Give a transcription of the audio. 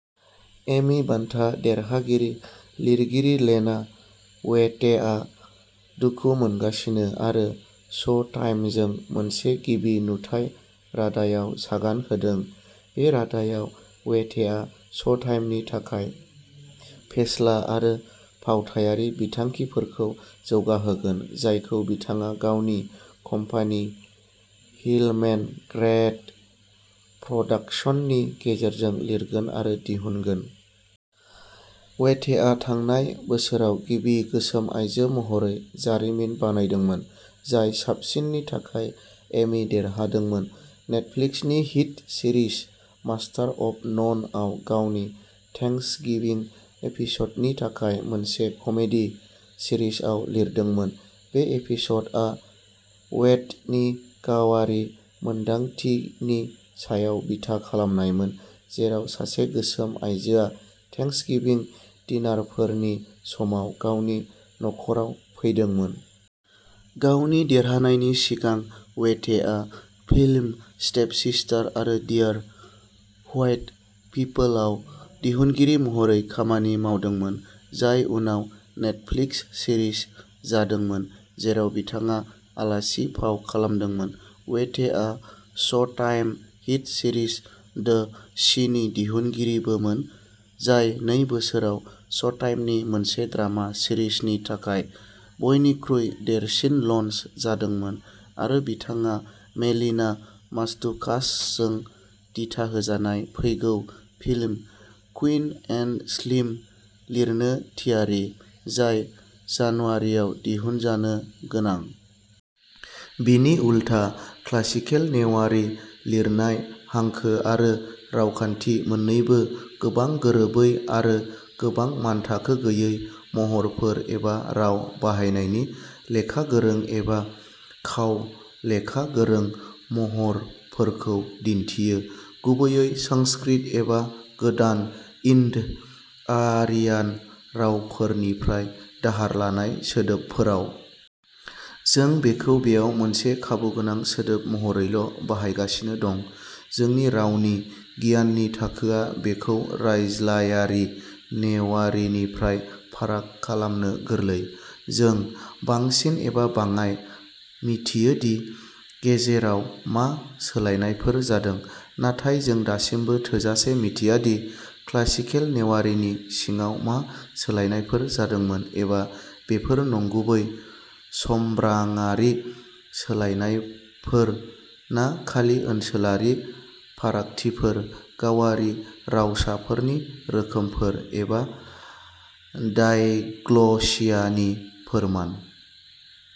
Amy बान्था देरहागिरि लिरगिरि लेना वेथेआ दुखु मोनगासिनो आरो श'टाइमजों मोनसे गिबि-नुथाइ रादायाव सागान होदों! बे रादायाव, वेथेआ श'टाइमनि थाखाय फेस्ला आरो फावथायारि बिथांखिफोरखौ जौगाहोगोन, जायखौ बिथाङा गावनि कम्पानि हिलमेन ग्रेड प्रडाक्शन्सनि गेजेरजों लिरगोन आरो दिहुनगोन। वेथेआ थांनाय बोसोराव गिबि गोसोम आयजो महरै जारिमिन बानायदोंमोन, जाय साबसिननि थाखाय एमी देरहादोंमोन। नेटफ्लिक्सनि हिट सिरिज मास्टार अफ ननआव गावनि "थेंक्सगिविं" एपिसडनि थाखाय मोनसे कमेडी सिरिजआव लिरदोंमोन। बे एपिसडआ वेथनि गावारि मोनदांथिनि सायाव बिथा खालामनायमोन, जेराव सासे गोसोम आयजोआ थेंक्सगिविं डिनारफोरनि समाव गावनि नख'राव फैदोंमोन। गावनि देरहानायनि सिगां वेथेआ फिल्म स्टेप सिस्टार आरो डियर व्हाइट पिपलआव दिहुनगिरि महरै खामानि मावदोंमोन, जाय उनाव नेटफ्लिक्स सिरिज जादोंमोन जेराव बिथाङा आलासि फाव खालामदोंमोन। वेथेआ श'टाइम हिट सीरीज द चीनि दिहुनगिरिबोमोन, जाय नै बोसोराव श'टाइमनि मोनसे ड्रामा सिरिजनि थाखाय बयनिख्रुइ देरसिन लन्च जादोंमोन, आरो बिथाङा मेलिना मात्सुकासजों दिथाहोजानाय फैगौ फिल्म, क्वीन एंड स्लिम लिरनो थियारि, जाय जानुवारिआव दिहुनजानो गोनां। बिनि उलथा, क्लासिकेल नेवारी लिरनाय-हांखो आरो रावखान्थि-मोननैबो गोबां गोरोबै आरो गोबां मानथाखो गैयै महरफोर एबा राव बाहायनायनि लेखा गोरों एबा खाव-लेखा गोरों महरफोरखौ दिन्थियो, गुबैयै संस्कृत एबा गोदान इन्ड'- आरियान रावफोरनिफ्राय दाहार लानाय सोदोबफोराव। जों बेखौ बेयाव मोनसे खाबुगोनां सोदोब महरैल'बाहायगासिनो दं। जोंनि रावनि गियाननि थाखोआ बेखौ रायज्लायारि नेवारीनिफ्राय फाराग खालामनो गोरलै। जों, बांसिन एबा बाङाय, मिथियो दि गेजेराव मा सोलायनायफोर जादों, नाथाय जों दासिमबो थोजासे मिथिया दि क्लासिकेल नेवारीनि सिङाव मा सोलायनायफोर जादोंमोन एबा बेफोर नंगुबै समब्राङारि सोलायनायफोर ना खालि ओनसोलारि फारागथिफोर-गावारि रावसाफोरनि रोखोमफोर, एबा डायग्लसिया नि फोरमान।